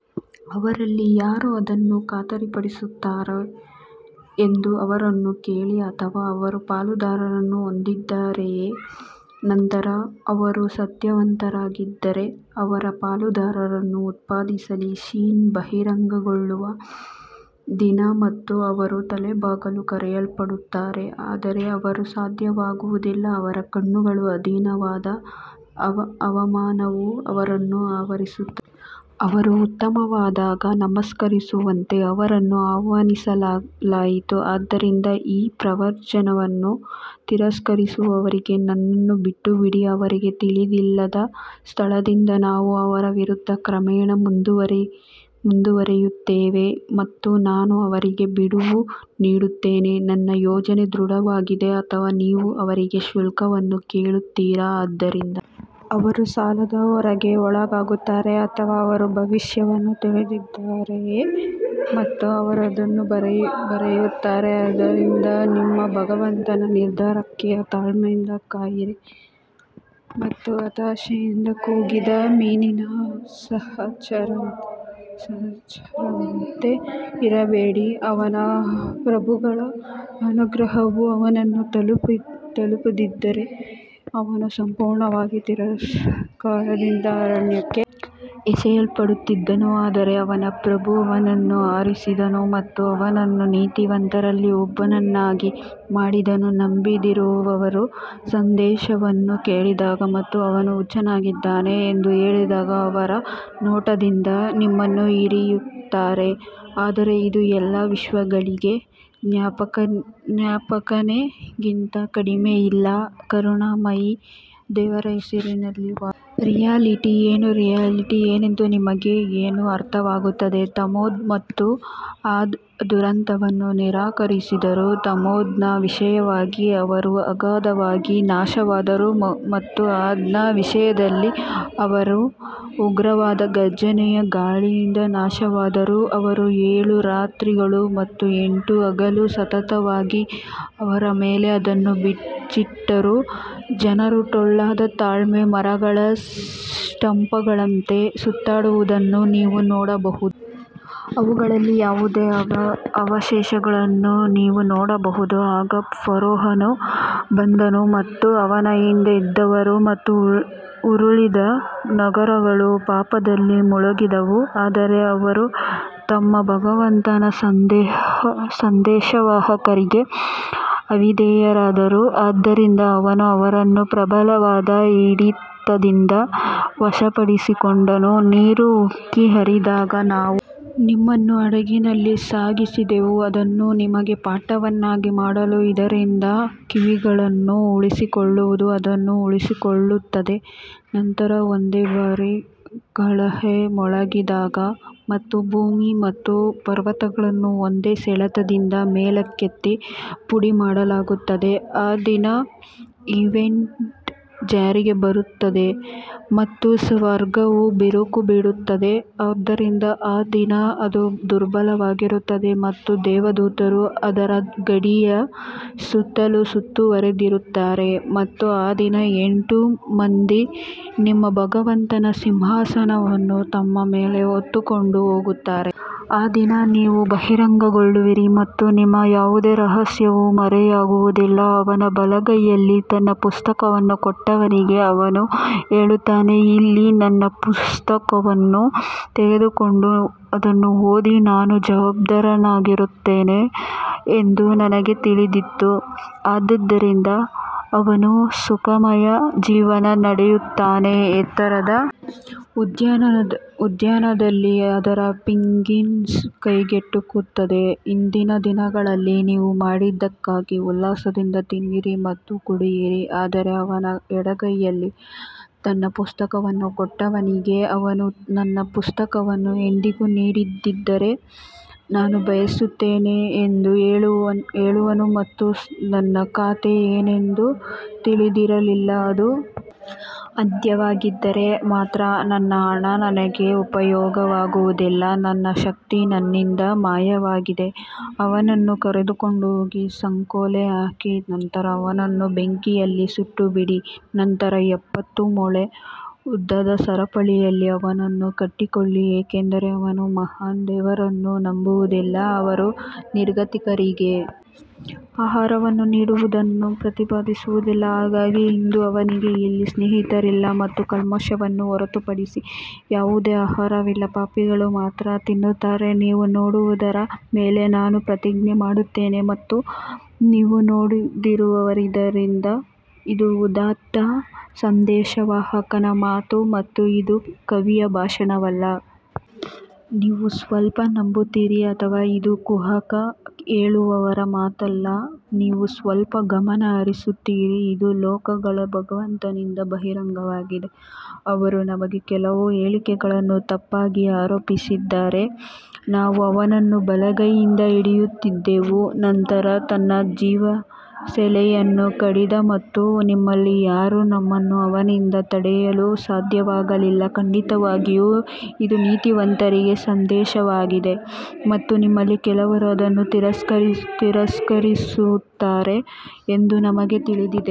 ಅವರಲ್ಲಿ ಯಾರು ಅದನ್ನು ಖಾತರಿಪಡಿಸುತ್ತಾರೆ ಎಂದು ಅವರನ್ನು ಕೇಳಿ ಅಥವಾ ಅವರು ಪಾಲುದಾರರನ್ನು ಹೊಂದಿದ್ದಾರೆಯೇ ನಂತರ ಅವರು ಸತ್ಯವಂತರಾಗಿದ್ದರೆ ಅವರ ಪಾಲುದಾರರನ್ನು ಉತ್ಪಾದಿಸಲಿ ಶಿನ್ ಬಹಿರಂಗಗೊಳ್ಳುವ ದಿನ ಮತ್ತು ಅವರು ತಲೆಬಾಗಲು ಕರೆಯಲ್ಪಡುತ್ತಾರೆ ಆದರೆ ಅವರು ಸಾಧ್ಯವಾಗುವುದಿಲ್ಲ ಅವರ ಕಣ್ಣುಗಳು ಅಧೀನವಾದ ಅವಮಾನವು ಅವರನ್ನು ಆವರಿಸುತ್ತದೆ, ಅವರು ಉತ್ತಮವಾದಾಗ ನಮಸ್ಕರಿಸುವಂತೆ ಅವರನ್ನು ಆಹ್ವಾನಿಸಲಾಯಿತು ಆದ್ದರಿಂದ ಈ ಪ್ರವಚನವನ್ನು ತಿರಸ್ಕರಿಸುವವರಿಗೆ ನನ್ನನ್ನು ಬಿಟ್ಟುಬಿಡಿ, ಅವರಿಗೆ ತಿಳಿದಿಲ್ಲದ ಸ್ಥಳದಿಂದ ನಾವು ಅವರ ವಿರುದ್ಧ ಕ್ರಮೇಣ ಮುಂದುವರಿಯುತ್ತೇವೆ ಮತ್ತು ನಾನು ಅವರಿಗೆ ಬಿಡುವು ನೀಡುತ್ತೇನೆ ನನ್ನ ಯೋಜನೆ ದೃಢವಾಗಿದೆ ಅಥವಾ ನೀವು ಅವರಿಗೆ ಶುಲ್ಕವನ್ನು ಕೇಳುತ್ತೀರಾ ಆದ್ದರಿಂದ ಅವರು ಸಾಲದ ಹೊರೆಗೆ ಒಳಗಾಗುತ್ತಾರೆ ಅಥವಾ ಅವರು ಭವಿಷ್ಯವನ್ನು ತಿಳಿದಿದ್ದಾರೆಯೇ ಮತ್ತು ಅವರು ಅದನ್ನು ಬರೆಯುತ್ತಾರೆ ಆದ್ದರಿಂದ ನಿಮ್ಮ ಭಗವಂತನ ನಿರ್ಧಾರಕ್ಕಾಗಿ ತಾಳ್ಮೆಯಿಂದ ಕಾಯಿರಿ ಮತ್ತು ಹತಾಶೆಯಿಂದ ಕೂಗಿದ ಮೀನಿನ ಸಹಚರರಂತೆ ಇರಬೇಡಿ ಅವನ ಪ್ರಭುಗಳ ಅನುಗ್ರಹವು ಅವನನ್ನು ತಲುಪದಿದ್ದರೆ ಅವನು ಸಂಪೂರ್ಣವಾಗಿ ತಿರಸ್ಕಾರದಿಂದ ಅರಣ್ಯಕ್ಕೆ ಎಸೆಯಲ್ಪಡುತ್ತಿದ್ದನು ಆದರೆ ಅವನ ಪ್ರಭು ಅವನನ್ನು ಆರಿಸಿದನು ಮತ್ತು ಅವನನ್ನು ನೀತಿವಂತರಲ್ಲಿ ಒಬ್ಬನನ್ನಾಗಿ ಮಾಡಿದನು ನಂಬದಿರುವವರು ಸಂದೇಶವನ್ನು ಕೇಳಿದಾಗ ಮತ್ತು ಅವನು ಹುಚ್ಚನಾಗಿದ್ದಾನೆ ಎಂದು ಹೇಳಿದಾಗ ಅವರ ನೋಟದಿಂದ ನಿಮ್ಮನ್ನು ಇರಿಯುತ್ತಾರೆ ಆದರೆ ಇದು ಎಲ್ಲಾ ವಿಶ್ವಗಳಿಗೆ ಜ್ಞಾಪನೆಗಿಂತ ಕಡಿಮೆಯಿಲ್ಲ ಕರುಣಾಮಯಿ ದೇವರ ಹೆಸರಿನಲ್ಲಿ ವಾಸ್ತವ ರಿಯಾಲಿಟಿ ಏನು ರಿಯಾಲಿಟಿ ಏನೆಂದು ನಿಮಗೆ ಏನು ಅರ್ಥವಾಗುತ್ತದೆ ತಮೂದ್ ಮತ್ತು ಆದ್ ದುರಂತವನ್ನು ನಿರಾಕರಿಸಿದರು ತಮೂದ್ನ ವಿಷಯವಾಗಿ ಅವರು ಅಗಾಧವಾಗಿ ನಾಶವಾದರು ಮತ್ತು ಆದ್ನ ವಿಷಯದಲ್ಲಿ ಅವರು ಉಗ್ರವಾದ ಘರ್ಜನೆಯ ಗಾಳಿಯಿಂದ ನಾಶವಾದರು ಅವರು ಏಳು ರಾತ್ರಿಗಳು ಮತ್ತು ಎಂಟು ಹಗಲು ಸತತವಾಗಿ ಅವರ ಮೇಲೆ ಅದನ್ನು ಬಿಚ್ಚಿಟ್ಟರು, ಜನರು ಟೊಳ್ಳಾದ ತಾಳೆ ಮರಗಳ ಸ್ಟಂಪ್ಗಳಂತೆ ಸುತ್ತಾಡುವುದನ್ನು ನೀವು ನೋಡಬಹುದು. ಅವುಗಳಲ್ಲಿ ಯಾವುದೇ ಅವಶೇಷಗಳನ್ನು ನೀವು ನೋಡಬಹುದು ಆಗ ಫರೋಹನು ಬಂದನು ಮತ್ತು ಅವನ ಹಿಂದೆ ಇದ್ದವರು ಮತ್ತು ಉರುಳಿದ ನಗರಗಳು ಪಾಪದಲ್ಲಿ ಮುಳುಗಿದವು ಆದರೆ ಅವರು ತಮ್ಮ ಭಗವಂತನ ಸಂದೇಶವಾಹಕರಿಗೆ ಅವಿಧೇಯರಾದರು ಆದ್ದರಿಂದ ಅವನು ಅವರನ್ನು ಪ್ರಬಲವಾದ ಹಿಡಿತದಿಂದ ವಶಪಡಿಸಿಕೊಂಡನು ನೀರು ಉಕ್ಕಿ ಹರಿದಾಗ ನಾವು ನಿಮ್ಮನ್ನು ಹಡಗಿನಲ್ಲಿ ಸಾಗಿಸಿದೆವು ಅದನ್ನು ನಿಮಗೆ ಪಾಠವನ್ನಾಗಿ ಮಾಡಲು ಇದರಿಂದ ಕಿವಿಗಳನ್ನು ಉಳಿಸಿಕೊಳ್ಳುವುದು ಅದನ್ನು ಉಳಿಸಿಕೊಳ್ಳುತ್ತದೆ ನಂತರ ಒಂದೇ ಬಾರಿ ಕಹಳೆ ಮೊಳಗಿದಾಗ ಮತ್ತು ಭೂಮಿ ಮತ್ತು ಪರ್ವತಗಳನ್ನು ಒಂದೇ ಸೆಳೆತದಿಂದ ಮೇಲಕ್ಕೆತ್ತಿ ಪುಡಿಮಾಡಲಾಗುತ್ತದೆ ಆ ದಿನ ಈವೆಂಟ್ ಜಾರಿಗೆ ಬರುತ್ತದೆ ಮತ್ತು ಸ್ವರ್ಗವು ಬಿರುಕು ಬಿಡುತ್ತದೆ ಆದ್ದರಿಂದ ಆ ದಿನ ಅದು ದುರ್ಬಲವಾಗಿರುತ್ತದೆ ಮತ್ತು ದೇವದೂತರು ಅದರ ಗಡಿಯ ಸುತ್ತಲೂ ಸುತ್ತುವರೆದಿರುತ್ತಾರೆ ಮತ್ತು ಆ ದಿನ ಎಂಟು ಮಂದಿ ನಿಮ್ಮ ಭಗವಂತನ ಸಿಂಹಾಸನವನ್ನು ತಮ್ಮ ಮೇಲೆ ಹೊತ್ತುಕೊಂಡು ಹೋಗುತ್ತಾರೆ. ಆ ದಿನ ನೀವು ಬಹಿರಂಗಗೊಳ್ಳುವಿರಿ ಮತ್ತು ನಿಮ್ಮ ಯಾವುದೇ ರಹಸ್ಯವು ಮರೆಯಾಗುವುದಿಲ್ಲ ಅವನ ಬಲಗೈಯಲ್ಲಿ ತನ್ನ ಪುಸ್ತಕವನ್ನು ಕೊಟ್ಟವನಿಗೆ ಅವನು ಹೇಳುತ್ತಾನೆ ಇಲ್ಲಿ ನನ್ನ ಪುಸ್ತಕವನ್ನು ತೆಗೆದುಕೊಂಡು ಅದನ್ನು ಓದಿ ನಾನು ಜವಾಬ್ದಾರನಾಗಿರುತ್ತೇನೆ ಎಂದು ನನಗೆ ತಿಳಿದಿತ್ತು ಆದುದರಿಂದ ಅವನು ಸುಖಮಯ ಜೀವನ ನಡೆಸುತ್ತಾನೆ ಎತ್ತರದ ಉದ್ಯಾನದಲ್ಲಿ ಅದರ ಪಿಕ್ಕಿಂಗ್ಸ್ ಕೈಗೆಟುಕುತ್ತದೆ ಹಿಂದಿನ ದಿನಗಳಲ್ಲಿ ನೀವು ಮಾಡಿದ್ದಕ್ಕಾಗಿ ಉಲ್ಲಾಸದಿಂದ ತಿನ್ನಿರಿ ಮತ್ತು ಕುಡಿಯಿರಿ ಆದರೆ ಅವನ ಎಡಗೈಯಲ್ಲಿ ತನ್ನ ಪುಸ್ತಕವನ್ನು ಕೊಟ್ಟವನಿಗೆ ಅವನು ನನ್ನ ಪುಸ್ತಕವನ್ನು ಎಂದಿಗೂ ನೀಡದಿದ್ದರೆ ನಾನು ಬಯಸುತ್ತೇನೆ ಎಂದು ಹೇಳುವನು ಮತ್ತು ನನ್ನ ಖಾತೆ ಏನೆಂದು ತಿಳಿದಿರಲಿಲ್ಲ ಅದು ಅಂತ್ಯವಾಗಿದ್ದರೆ ಮಾತ್ರ ನನ್ನ ಹಣ ನನಗೆ ಉಪಯೋಗವಾಗುವುದಿಲ್ಲ ನನ್ನ ಶಕ್ತಿ ನನ್ನಿಂದ ಮಾಯವಾಗಿದೆ ಅವನನ್ನು ಕರೆದುಕೊಂಡು ಹೋಗಿ ಸಂಕೋಲೆ ಹಾಕಿ ನಂತರ ಅವನನ್ನು ಬೆಂಕಿಯಲ್ಲಿ ಸುಟ್ಟುಬಿಡಿ ನಂತರ ಎಪ್ಪತ್ತು ಮೊಳ ಉದ್ದದ ಸರಪಳಿಯಲ್ಲಿ ಅವನನ್ನು ಕಟ್ಟಿಕೊಳ್ಳಿ ಏಕೆಂದರೆ ಅವನು ಮಹಾನ್ ದೇವರನ್ನು ನಂಬುವುದಿಲ್ಲ ಅವರು ನಿರ್ಗತಿಕರಿಗೆ ಆಹಾರವನ್ನು ನೀಡುವುದನ್ನು ಪ್ರತಿಪಾದಿಸುವುದಿಲ್ಲ ಹಾಗಾಗಿ ಇಂದು ಅವನಿಗೆ ಇಲ್ಲಿ ಸ್ನೇಹಿತರಿಲ್ಲ ಮತ್ತು ಕಲ್ಮಶವನ್ನು ಹೊರತುಪಡಿಸಿ ಯಾವುದೇ ಆಹಾರವಿಲ್ಲ ಪಾಪಿಗಳು ಮಾತ್ರ ತಿನ್ನುತ್ತಾರೆ ನೀವು ನೋಡುವುದರ ಮೇಲೆ ನಾನು ಪ್ರತಿಜ್ಞೆ ಮಾಡುತ್ತೇನೆ ಮತ್ತು ನೀವು ನೋಡದಿರುವದರಿಂದ ಇದು ಉದಾತ್ತ ಸಂದೇಶವಾಹಕನ ಮಾತು ಮತ್ತು ಇದು ಕವಿಯ ಭಾಷಣವಲ್ಲ, ನೀವು ಸ್ವಲ್ಪ ನಂಬುತ್ತೀರಿ ಅಥವಾ ಇದು ಕುಹಕ ಹೇಳುವವರ ಮಾತಲ್ಲ, ನೀವು ಸ್ವಲ್ಪ ಗಮನ ಹರಿಸುತ್ತೀರಿ ಇದು ಲೋಕಗಳ ಭಗವಂತನಿಂದ ಬಹಿರಂಗವಾಗಿದೆ ಅವರು ನಮಗೆ ಕೆಲವು ಹೇಳಿಕೆಗಳನ್ನು ತಪ್ಪಾಗಿ ಆರೋಪಿಸಿದ್ದಾರೆ ನಾವು ಅವನನ್ನು ಬಲಗೈಯಿಂದ ಹಿಡಿಯುತ್ತಿದ್ದೆವು ನಂತರ ತನ್ನ ಜೀವಸೆಲೆಯನ್ನು ಕಡಿದ ಮತ್ತು ನಿಮ್ಮಲ್ಲಿ ಯಾರೂ ನಮ್ಮನ್ನು ಅವನಿಂದ ತಡೆಯಲು ಸಾಧ್ಯವಾಗಲಿಲ್ಲ ಖಂಡಿತವಾಗಿಯೂ ಇದು ನೀತಿವಂತರಿಗೆ ಸಂದೇಶವಾಗಿದೆ ಮತ್ತು ನಿಮ್ಮಲ್ಲಿ ಕೆಲವರು ಅದನ್ನು ತಿರಸ್ಕರಿಸುತ್ತಾರೆ ಎಂದು ನಮಗೆ ತಿಳಿದಿದೆ.